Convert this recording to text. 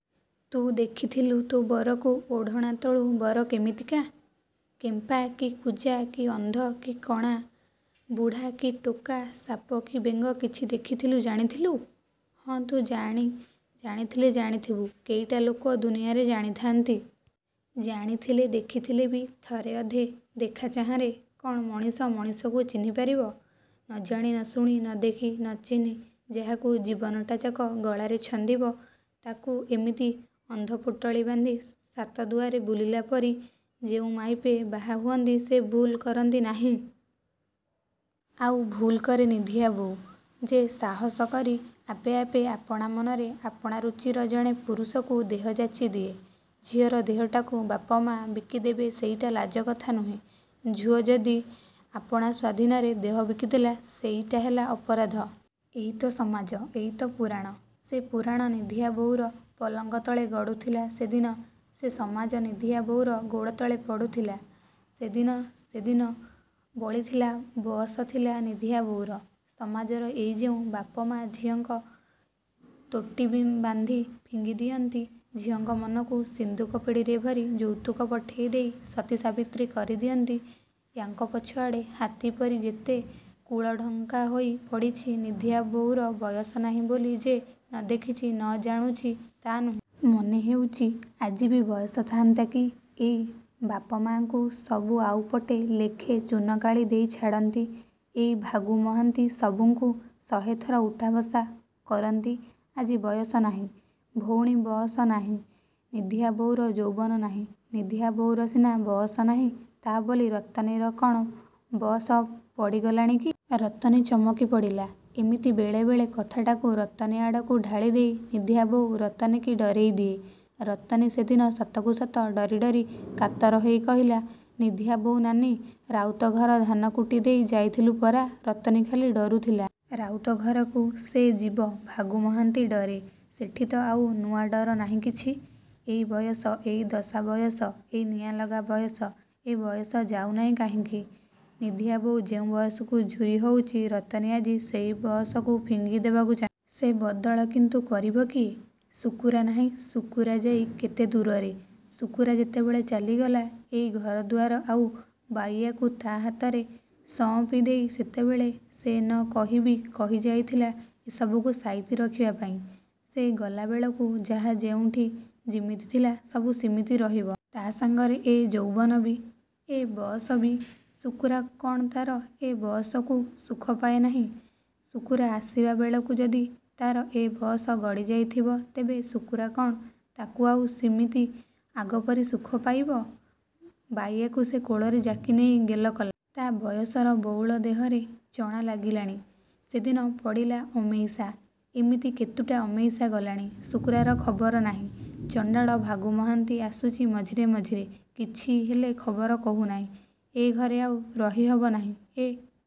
ତୁ ଦେଖିଥିଲୁ ତୋ ବରକୁ ଓଢ଼ଣା ତଳୁ ବର କେମିତିକା? କେମ୍ପା କି କୁଜା କି ଅନ୍ଧ କି କଣା ବୁଢ଼ା କି ଟୋକା ସାପ କି ବେଙ୍ଗ କିଛି ଦେଖିଥିଲୁ ଜାଣିଥିଲୁ? ହଁ ତୁ ଜାଣି ଜାଣିଥିଲେ ଜାଣିଥିବୁ, କେଇଟା ଲୋକ ଦୁନିଆରେ ଜାଣିଥାନ୍ତି? ଜାଣିଥିଲେ, ଦେଖିଥିଲେବି ଥରେ ଅଧେ ଦେଖାଚାହାଁରେ କ'ଣ ମଣିଷ ମଣିଷକୁ ଚିହ୍ନିପାରିବ? ନଜାଣି ନଶୁଣି, ନଦେଖି, ନଚିହ୍ନି ଯାହାକୁ ଜୀବନଟାଯାକ ଗଳାରେ ଛନ୍ଦିବ, ତାକୁ ଏମିତି ଅନ୍ଧପୋଟଳି ବାନ୍ଧି ସାତ ଦୁଆରେ ବୁଲିଲା ପରି ଯେଉଁ ମାଇପେ ବାହା ହୁଅନ୍ତି ସେ ଭୁଲ୍ କରନ୍ତି ନାହିଁ? ଆଉ ଭୁଲ୍ କରେ ନିଧିଆ ବୋଉ, ଯେ ସାହସ କରି, ଆପେ ଆପେ, ଆପଣାମନରେ ଆପଣାରୁଚିର ଜଣେ ପୁରୁଷକୁ ଦେହ ଯାଚି ଦିଏ। ଝିଅର ଦେହଟାକୁ ବାପ ମା ବିକି ଦେବେ ସେଟା ଲାଜକଥା ନୁହେଁ, ଝୁଅ ଯଦି ଆପଣା ସ୍ୱାଧୀନରେ ଦେହ ବିକି ଦେଲା ସେଇଟା ହେଲା ଅପରାଧ। ଏଇତ ସମାଜ, ଏଇତ ପୁରାଣ। ସେ ପୁରାଣ ନିଧିଆ ବୋଉର ପଲଙ୍କ ତଳେ ଗଡ଼ୁଥିଲା ସେଦିନ ସେ ସମାଜ ନିଧିଆବୋଉର ଗୋଡ଼ତଳେ ପଡ଼ୁଥିଲା ସେଦିନ ସେଦିନ ବଳଥିଲା ବଅସ ଥିଲା ନିଧିଆବୋଉର। ସମାଜର ଏଇ ଯେଉଁ ବାପ ମା ଝିଅଙ୍କ ତୋଟି ବାନ୍ଧି ଫିଙ୍ଗି ଦିଅନ୍ତି, ଝିଅଙ୍କ ମନକୁ ସିନ୍ଦୁକ ପେଡ଼ିରେ ଭରି ଯୌତୁକ ପଠେଇ ଦେଇ ସତୀସାବିତ୍ରୀ କରିଦଅନ୍ତି ''ୟାଙ୍କ ପଛଆଡ଼େ ହାତୀପରି ଯେତେ କୁଳ ଢଙ୍କାହୋଇ ପଡ଼ିଛି ନିଧିଆବୋଉର ବୟସ ନାହିଁ ବୋଲି ଯେ ନଦେଖିଚି ନ ଜାଣୁଚି ତା' ନୁହେଁ। ମନ ହେଉଚି ଆଜିବି ବଅସ ଥାଆନ୍ତା କି, ଏଇ ବାପ ମାଙ୍କୁ ସବୁ ଆଉ ପଟେ ଲେଖେ ଚୂନକାଳି ଦେଇ ଛାଡ଼ନ୍ତି। ଏଇ ଭାଗୁ ମହାନ୍ତି ସବୁଙ୍କୁ ଶହେଥର ଉଠାବସା କରନ୍ତି। ଆଜି ବଅସ ନାହିଁ, ଭଉଣୀ ବଅସ ନାହିଁ। ନିଧିଆବୋଉର ଯୌବନ ନାହିଁ। ନିଧିଆବୋଉର ସିନା ବଅସ ନାହିଁ, ତା' ବୋଲି ରତନୀର କ'ଣ ବଅସ ପଡ଼ିଗଲାଣି କି? '' ରତନୀ ଚମକି ପଡ଼ିଲା। ଏମିତି ବେଳେବେଳେ କଥାଟାକୁ ରତନୀ ଆଡ଼କୁ ଢାଳିଦେଇ ନିଧିଆବୋଉ ରତନୀକି ଡରେଇ ଦିଏ। ରତନୀ ସେଦିନ ସତକୁସତ ଡରି ଡରି କାତର ହେଇ କହିଲା ''ନିଧିଆବୋଉ ନାନୀ, ରାଉତ ଘର ଧାନକୁଟି ଦେଇ ଯାଉଥିଲୁ ପରା! '' ରତନୀ ଖାଲି ଡରୁଥିଲା। ରାଉତ ଘରକୁ ସେ ଯିବ ଭାଗୁ ମହାନ୍ତି ଡରେ। ସେଠି ତ ଆଉ ନୂଆ ଡର ନାହିଁ କିଛି? ଏଇ ବୟସ, ଏଇ ଦଶା ବୟସ, ଏଇ ନିଆଁ ଲଗା ବୟସ! ଏ ବୟସ ଯାଉ ନାହିଁ କାହିଁକି? ନିଧିଆବୋଉ ଯେଉଁ ବୟସକୁ ଝୁରି ହଉଚି ରତନୀ ଆଜି ସେହି ବଅସକୁ ଫିଙ୍ଗି ଦେବାକୁ ଚାହେଁ। ସେ ବଦଳ କିନ୍ତୁ କରିବ କିଏ? ଶୁକୁରା ନାହିଁ ଶୁକୁରା ଯାଇ କେତେ ଦୂରରେ। ଶୁକୁରା ଯେତେବେଳେ ଚାଲିଗଲା, ଏଇ ଘରଦୁଆର ଆଉ ବାଇୟାକୁ ତା' ହାତରେ ସଁଅପି ଦେଇ ସେତେବେଳେ ସେ ନ କହିବି କହି ଯାଇଥିଲା ଏସବୁକୁ ସାଇତି ରଖିବାପାଇଁ। ସେ ଗଲାବେଳକୁ ଯାହା ଯେଉଁଠି ଯିମିତି ଥିଲା, ସବୁ ସିମିତି ରହିବ। ତା' ସାଙ୍ଗରେ ଏ ଯୌବନବି? ଏ ବଅସବି? ଶୁକୁରା କ'ଣ ତା'ର ଏ ବଅସକୁ ସୁଖପାଏ ନାହିଁ। ଶୁକୁରା ଆସିବାବେଳକୁ ଯଦି ତା'ର ଏ ବଅସ ଗଡ଼ିଯାଇଥିବ, ତେବେ ଶୁକୁରା କ'ଣ ତାକୁ ଆଉ ସେମିତି ଆଗପରି ସୁଖ ପାଇବ? ବାଇୟାକୁ ସେ କୋଳରେ ଯାକିନେଇ ଗେଲ କଲା। ତା' ବୟସର ବଉଳ ଦେହରେ ଚଣା ଲାଗିଲାଣି। ସେଦିନ ପଡ଼ିଲା ଅମେଇସା। ଏମିତି କେତୁଟା ଅମେଇସା ଗଲାଣି। ଶୁକୁରାର ଖବର ନାହିଁ। ଚଣ୍ଡାଳ ଭାଗୁ ମହାନ୍ତି ଆସୁଚି ମଝିରେ ମଝିରେ। କିଛି ହେଲେ ଖବର କହୁନାହିଁ। ଏ ଘରେ ଆଉ ରହିହବ ନାହିଁ। ଏ